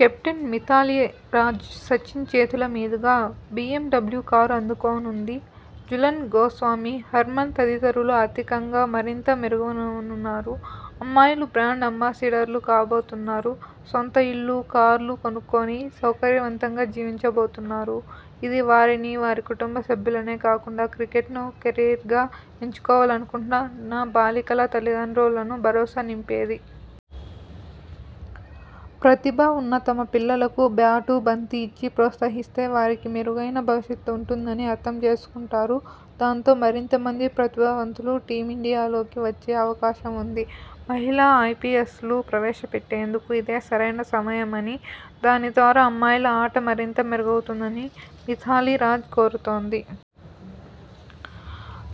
Captain Mithali Raj Sachin చేతుల మీదుగా BMW car అందుకోనుంది. Jhulan Goswami, Harman తదితరులు ఆర్థికంగా మరింత మెరుగవనున్నారు. అమ్మాయిలు బ్రాండ్ అంబాసిడర్లు కాబోతున్నారు. సొంత ఇళ్లు, కార్లు కొనుక్కొని సౌకర్యవంతంగా జీవించబోతున్నారు. ఇది వారిని, వారి కుటుంబ సభ్యులనే కాకుండా క్రికెట్ను కెరీర్గా ఎంచుకోవాలనుకుంటున్న బాలికల తల్లిదండ్రుల్లోనూ భరోసా నింపేదే. ప్రతిభ ఉన్న తమ పిల్లలకు బ్యాటు, బంతి ఇచ్చి ప్రోత్సహిస్తే వారికి మెరుగైన భవిష్యత్ ఉంటుందని అర్థం చేసుకుం టారు. దాంతో, మరింతమంది ప్రతిభావంతులు టీమిండియాలోకి వచ్చే అవకాశం ఉంది. మహిళా ఐపీఎల్ను ప్రవేశ పెట్టేందుకు ఇదే సరైన సమయమని, దాని ద్వారా అమ్మాయిల ఆట మరింత మెరుగవుతుందని మిథాలీ రాజ్ కోరుతోంది.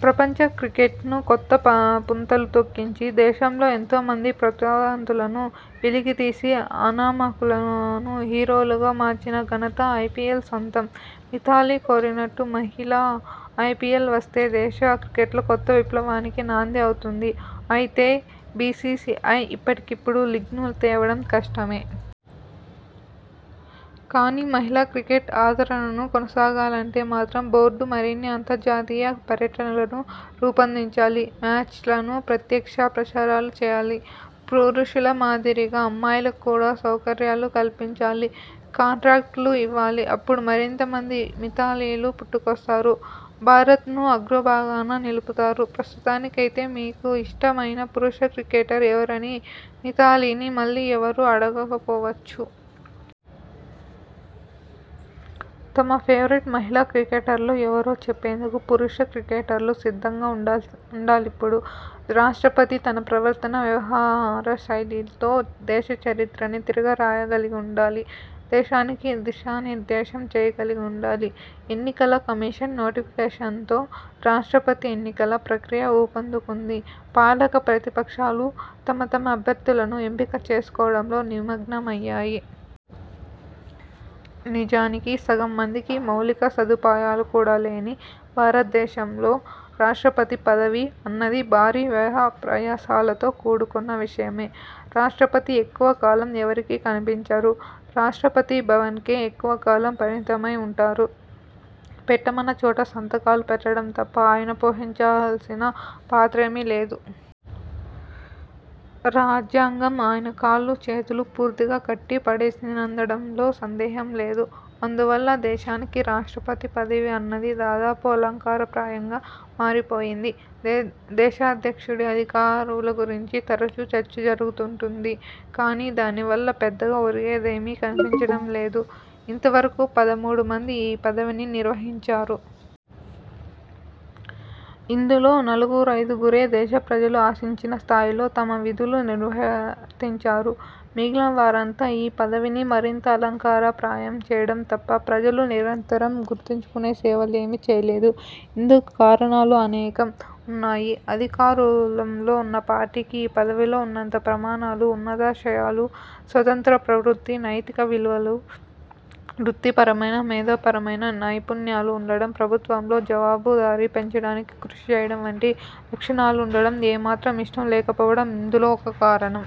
ప్రపంచ క్రికెట్ను కొత్త పుంతలు తొక్కించి దేశంలో ఎంతో మంది ప్రతిభావంతులను వెలికితీసి అనామకులను హీరోలుగా మార్చిన ఘనత ఐపీఎల్ సొంతం. మిథాలీ కోరినట్టు మహి ళా ఐపీఎల్ వస్తే దేశ క్రికెట్లో కొత్త విప్లవానికి నాంది అవుతుంది. అయితే, బీసీసీఐ ఇప్పటికిప్పుడు లీగ్ను తేవడం కష్టమే. కానీ, మహిళా క్రికెట్ ఆదరణను కొనసాగాలంటే మాత్రం బోర్డు మరిన్ని అంతర్జాతీయ పర్యటనలను రూపొందించాలి. మ్యాచ్లను ప్రత్యక్ష ప్రసారాలు చేయాలి. పురుషుల మాదిరిగా అమ్మాయిలకు కూడా సౌకర్యాలు కల్పించాలి. కాంట్రాక్టులు ఇవ్వాలి. అప్పుడు మరింత మంది మిథాలీలు పుట్టుకొస్తారు. భారత్ను అగ్రభాగాన నిలుపుతారు. ప్రస్తుతానికైతే మీకు ఇష్ట మైన పురుష క్రికెటర్ ఎవరని మిథాలీని మళ్లీ ఎవ రూ అడగకపోవచ్చు. తమ ఫేవరెట్ మహిళా క్రికెటర్లు ఎవరో చెప్పేందుకు పురుష క్రికెటర్లు సిద్ధంగా ఉండాలిప్పుడు! రాష్ట్రపతి తన ప్రవర్తన, వ్యవహారశైలితో దేశ చరిత్రనే తిరగరాయగలిగి ఉండాలి. దేశానికి దిశానిర్దేశం చేయగలిగి ఉండాలి. ఎన్నికల కమిషన్ నోటిఫికేషన్తో రాష్ట్రపతి ఎన్నికల ప్రక్రియ ఊపందుకుంది. పాలక, ప్రతిపక్షాలు తమ తమ అభ్యర్థులను ఎంపిక చేసుకోవడంలో నిమగ్నమయ్యాయి. నిజానికి, సగం మందికి మౌలిక సదుపాయాలు కూడా లేని భారతదేశంలో రాష్ట్రపతి పదవి అన్నది భారీ వ్యయప్రయాసలతో కూడుకున్న విషయమే. రాష్ట్రపతి ఎక్కువ కాలం ఎవరికీ కనిపించరు. రాష్ట్రపతి భవన్కే ఎక్కువ కాలం పరిమితమై ఉంటారు. పెట్టమన్న చోట సంతకాలు పెట్టడం తప్ప ఆయన పోషించాల్సిన పాత్రేమీ లేదు. రాజ్యాంగం ఆయన కాళ్లూ చేతులూ పూర్తిగా కట్టి పడేసిందనడంలో సందేహం లేదు. అందువల్ల దేశానికి రాష్ట్రపతి పదవి అన్నది దాదాపు అలంకారప్రాయంగా మారిపోయింది. దేశాధ్యక్షుడి అధికారాల గురించి తరచూ చర్చ జరుగుతుంటుంది కానీ, దాని వల్ల పెద్దగా ఒరిగేదేమీ కనిపించడం లేదు. ఇంతవరకూ పదమూడు మంది ఈ పదవిని నిర్వహించారు. ఇందులో నలుగురైదుగురే దేశ ప్రజలు ఆశించిన స్థాయిలో తమ విధులు నిర్వర్తించారు. మిగిలినవారంతా ఈ పదవిని మరింత అలంకారప్రాయం చేయడం తప్ప ప్రజలు నిరంతరం గుర్తుంచుకునే సేవలేమీ చేయలేదు. ఇందుకు కారణాలు అనేకం ఉన్నాయి. అధికారంలో ఉన్న పార్టీకి ఈ పదవిలో ఉన్నత ప్రమాణాలు, ఉన్నతాశయాలు, స్వతంత్ర ప్రవృత్తి, నైతిక విలువలు, వృత్తిపరమైన, మేధోపరమైన నైపుణ్యాలు ఉండడం, ప్రభుత్వంలో జవాబు దారీ పెంచడానికి కృషి చేయడం వంటి లక్షణాలు ఉండడం ఏమాత్రం ఇష్టం లేకపోవడం ఇందులో ఒక కారణం.